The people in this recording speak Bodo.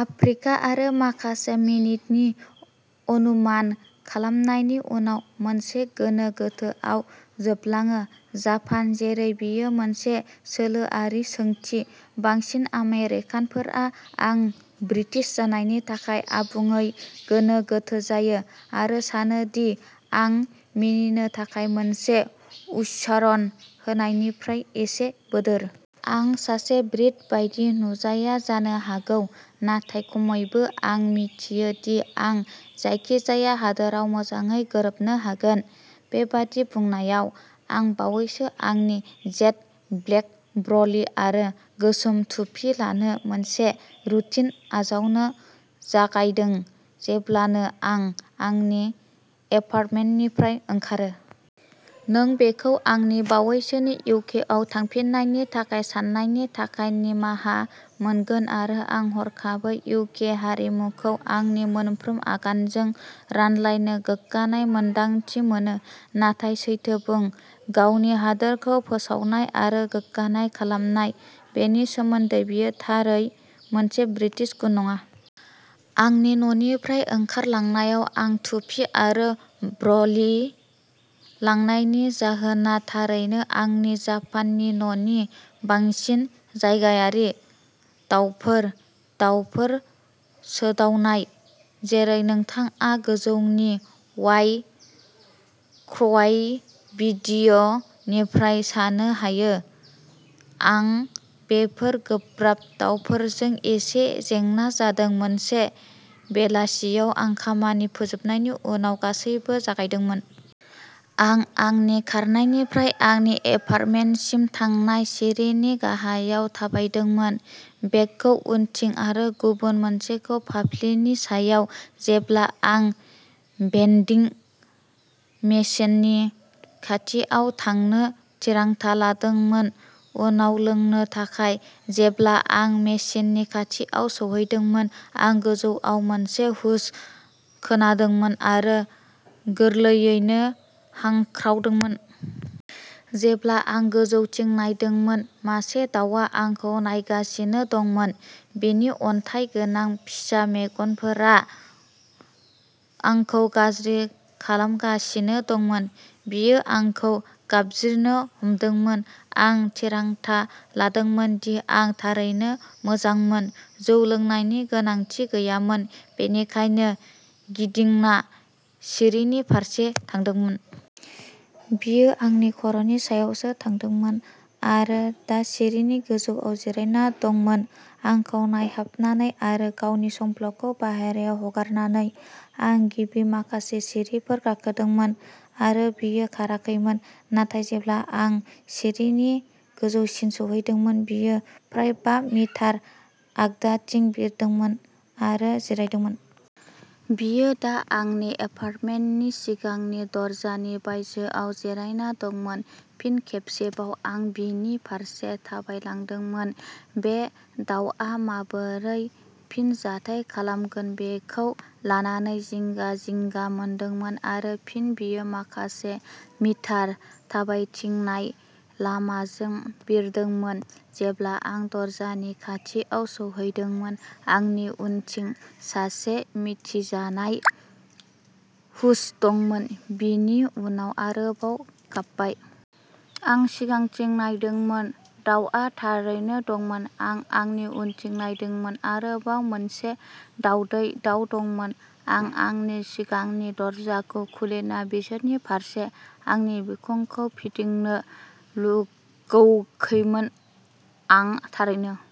आफ्रिका आरो माखासे मिनिटनि अनुमान खालामनायनि उनाव, मोनसे गोनो गोथोआव जोबलाङो जापान जेरै बेयो मोनसे सोलोआरि सोंथि। बांसिन आमेरिकानफोरा, आं ब्रिटिश जानायनि थाखाय आबुङै गोनो गोथो जायो, आरो सानो दि आं मिनिनो थाखाय मोनसे उच्चारण होनायनिफ्राय एसे बोदोर। आं सासे ब्रिट बायदि नुजाया जानो हागौ, नाथाय खमैबो आं मिथियो दि आं जायखिजाया हादोराव मोजाङै गोरोबनो हागोन। बेबादि बुंनायाव, आं बावैसो आंनि जेट-ब्लेक ब्र'ली आरो गोसोम टुपि लानो मोनसे रुटिन आजावनो जागायदों, जेब्लानो आं आंनि एपार्टमेन्टनिफ्राय ओंखारो। नों बेखौ आंनि बावैसोनि इउकेआव थांफिन्नायनि थाखाय साननायनि थाखाय निमाहा मोनगोन आरो आं हरखाबै इउके हारिमुखौ आंनि मोनफ्रोम आगानजों रानलायनो गोग्गानाय मोन्दांथि मोनो। नाथाय सैथो बुं, गावनि हादोरखौ फोसावनाय आरो गोग्गानाय खालामनाय। बेनि सोमोन्दै बेयो थारै मोनसे ब्रिटिश गुन नङा। आंनि न'निफ्राय ओंखारलांनायाव आं टुपि आरो ब्र'लि लांनायनि जाहोना थारैनो आंनि जापाननि न'नि बांसिन जायगायारि। दाउफोर। दाउफोर सोदावनाय। जेरै नोंथाङा गोजौनि'वाइ क्र'वाइ'भिडिय'निफ्राय सान्नो हायो, आं बेफोर गोब्राब दावफोरजों एसे जेंना जादों। मोनसे बेलासियाव आं खामानि फोजोबनायनि उनाव गासैबो जागायदोंमोन। आं आंनि कारनिफ्राय आंनि एपार्टमेन्टसिम थांनाय सिरिनि गाहायाव थाबायदोंमोन, बेगखौ उनथिं आरो गुबुन मोनसेखौ फाफ्लिनि सायाव, जेब्ला आं भेन्डिं मेसिननि खाथियाव थांनो थिरांथा लादोंमोन उनाव लोंनो थाखाय। जेब्ला आं मेसिननि खाथियाव सौहैदोंमोन, आं गोजौआव मोनसे हुश खोनादोंमोन आरो गोरलैयैनो हांख्रावदोंमोन। जेब्ला आं गोजौथिं नायदोंमोन, मासे दाउआ आंखौ नायगासिनो दंमोन; बिनि अन्थाइ गोनां फिसा मेगनफोरा आंखौ गाज्रि खालामगासिनो दंमोन। बियो आंखौ गाबज्रिनो हमदोंमोन। आं थिरांथा लादोंमोन दि आं थारैनो मोजांमोन। जौ लोंनायनि गोनांथि गैयामोन, बेनिखायनो गिदिंना सिरिनि फारसे थांदोंमोन। बियो आंनि खर'नि सायावसो थांदोंमोन आरो दा सिरिनि गोजौआव जिरायना दंमोन, आंखौ नायहाबनानै आरो गावनि संफ्लखौ बाहेरायाव हगारनानै। आं गिबि माखासे सिरिफोर गाखोदोंमोन आरो बियो खाराखैमोन, नाथाय जेब्ला आं सिरिनि गोजौसिम सौहैदोंमोन, बियो फ्राय बा मिटार आगदाथिं बिरदोंमोन आरो जिरायदोंमोन। बियो दा आंनि एपार्टमेन्टनि सिगांनि दरजानि बायजोआव जिरायना दंमोन। फिन खेबसेबाव आं बिनि फारसे थाबायलांदोंमोन, बे दाउआ माबोरै फिनजाथाय खालामगोन बेखौ लानानै जिंगा-जिंगा मोनदोंमोन आरो फिन बियो माखासे मिटार थाबायथिंनाय लामाजों बिरदोंमोन। जेब्ला आं दरजानि खाथियाव सौहैदोंमोन, आंनि उनथिं सासे मिथिजानाय हुश दंमोन, बिनि उनाव आरोबाव गाबनाय। आं सिगांथिं नायदोंमोन, दाउआ थारैनो दंमोन। आं आंनि उनथिं नायदोंमोन आरोबाव मोनसे दावदै दाउ दंमोन आं आंनि सिगांनि दरजाखौ खुलिना बिसोरनि फारसे आंनि बिखुंखौ फिदिंनो लुगैयाखैमोन आं थारैनो।